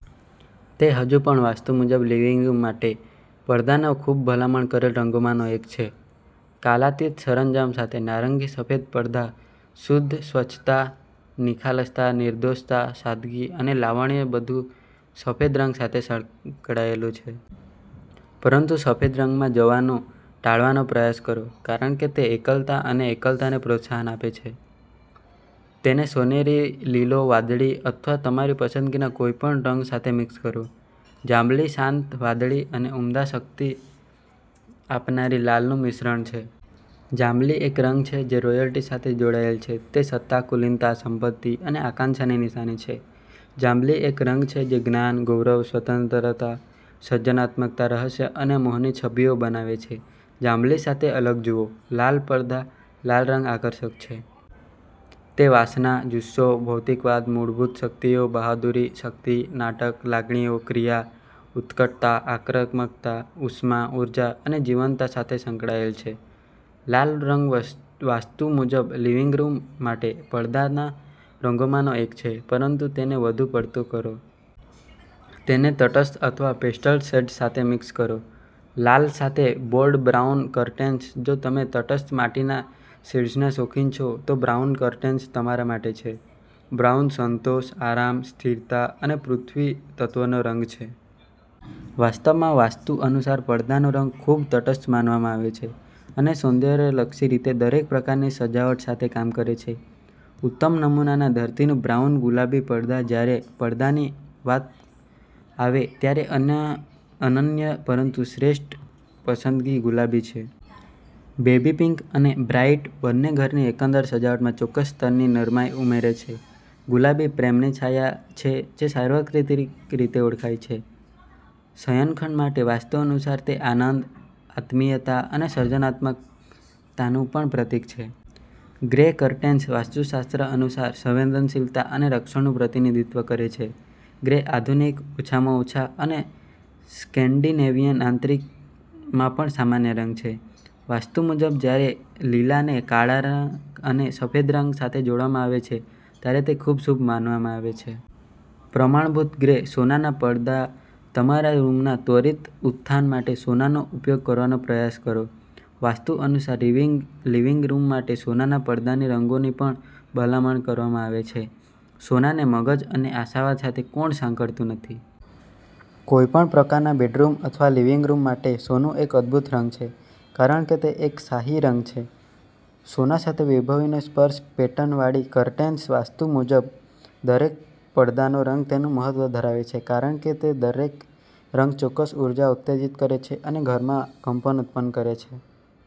તે હજુ પણ વાસ્તુ મુજબ લિવિંગ રૂમ માટે પડદાના ખૂબ ભલામણ કરેલ રંગોમાંનો એક છે. કાલાતીત સરંજામ સાથે નારંગી સફેદ પડધા શુદ્ધતા, સ્વચ્છતા, નિખાલસતા, નિર્દોષતા, સાદગી અને લાવણ્ય બધું સફેદ રંગ સાથે સંકળાયેલું છે. પરંતુ સફેદ રંગમાં જવાનું ટાળવાનો પ્રયાસ કરો કારણ કે તે એકલતા અને એકલતાને પ્રોત્સાહન આપે છે. તેને સોનેરી, લીલો, વાદળી અથવા તમારી પસંદગીના કોઈપણ રંગ સાથે મિક્સ કરો. જાંબલી શાંત વાદળી અને ઉમદા, શક્તિ આપનારી લાલનું મિશ્રણ છે. જાંબલી એક રંગ છે જે રોયલ્ટી સાથે જોડાયેલ છે. તે સત્તા, કુલીનતા, સંપત્તિ અને આકાંક્ષાની નિશાની છે. જાંબલી એક રંગ છે જે જ્ઞાન, ગૌરવ, સ્વતંત્રતા, સર્જનાત્મકતા, રહસ્ય અને મોહની છબીઓ બનાવે છે. જાંબલી સાથે અલગ જુઓ, લાલ પડધા લાલ રંગ આકર્ષક છે. તે વાસના, જુસ્સો, ભૌતિકવાદ, મૂળભૂત શક્તિઓ, બહાદુરી, શક્તિ, નાટક, લાગણીઓ, ક્રિયા, ઉત્કટતા, આક્રમકતા, ઉષ્મા, ઉર્જા અને જીવંતતા સાથે સંકળાયેલ છે. લાલ રંગ વાસ્તુ મુજબ લિવિંગ રૂમ માટે પડદાના રંગોમાંનો એક છે પરંતુ તેને વધુ પડતો કરો. તેને તટસ્થ અથવા પેસ્ટલ શેડ્સ સાથે મિક્સ કરો. લાલ સાથે બોલ્ડ બ્રાઉન કર્ટેન્સ જો તમે તટસ્થ માટીના શેડ્સના શોખીન છો, તો બ્રાઉન કર્ટેન્સ તમારા માટે છે. બ્રાઉન સંતોષ, આરામ, સ્થિરતા અને પૃથ્વી તત્વનો રંગ છે. વાસ્તવમાં, વાસ્તુ અનુસાર પડદાનો રંગ ખૂબ તટસ્થ માનવામાં આવે છે અને સૌંદર્યલક્ષી રીતે દરેક પ્રકારની સજાવટ સાથે કામ કરે છે. ઉત્તમ નમૂનાના ધરતીનું બ્રાઉન ગુલાબી પડધા જ્યારે પડદાની વાત આવે ત્યારે અન્ય અનન્ય પરંતુ શ્રેષ્ઠ પસંદગી ગુલાબી છે. બેબી પિંક અને બ્રાઈટ બંને ઘરની એકંદર સજાવટમાં ચોક્કસ સ્તરની નરમાઈ ઉમેરે છે. ગુલાબી પ્રેમની છાયા છે જે સાર્વત્રિક રીતે ઓળખાય છે. શયનખંડ માટે વાસ્તુ અનુસાર તે આનંદ, આત્મીયતા અને સર્જનાત્મકતાનું પણ પ્રતીક છે. ગ્રે કર્ટેન્સ વાસ્તુશાસ્ત્ર અનુસાર સંવેદનશીલતા અને રક્ષણનું પ્રતિનિધિત્વ કરે છે. ગ્રે આધુનિક, ઓછામાં ઓછા અને સ્કેન્ડિનેવિયન આંતરિકમાં પણ સામાન્ય રંગ છે. વાસ્તુ મુજબ, જ્યારે લીલાને કાળા અને સફેદ રંગ સાથે જોડવામાં આવે છે, ત્યારે તે ખૂબ શુભ માનવામાં આવે છે. પ્રમાણભૂત ગ્રે સોનાના પડદા તમારા રૂમના ત્વરિત ઉત્થાન માટે, સોનાનો ઉપયોગ કરવાનો પ્રયાસ કરો. વાસ્તુ અનુસાર લિવિંગ રૂમ માટે સોનાના પડદાના રંગોની પણ ભલામણ કરવામાં આવે છે. સોનાને મગજ અને આશાવાદ સાથે કોણ સાંકળતું નથી? કોઈપણ પ્રકારના બેડરૂમ અથવા લિવિંગ રૂમ માટે સોનું એક અદ્ભુત રંગ છે કારણ કે તે એક શાહી રંગ છે. સોના સાથે વૈભવીનો સ્પર્શ પેટર્ન વાળી કર્ટેન્સ વાસ્તુ મુજબ દરેક પડદાનો રંગ તેનું મહત્વ ધરાવે છે કારણ કે દરેક રંગ ચોક્કસ ઊર્જાને ઉત્તેજીત કરે છે અને ઘરમાં કંપન ઉત્પન્ન કરે.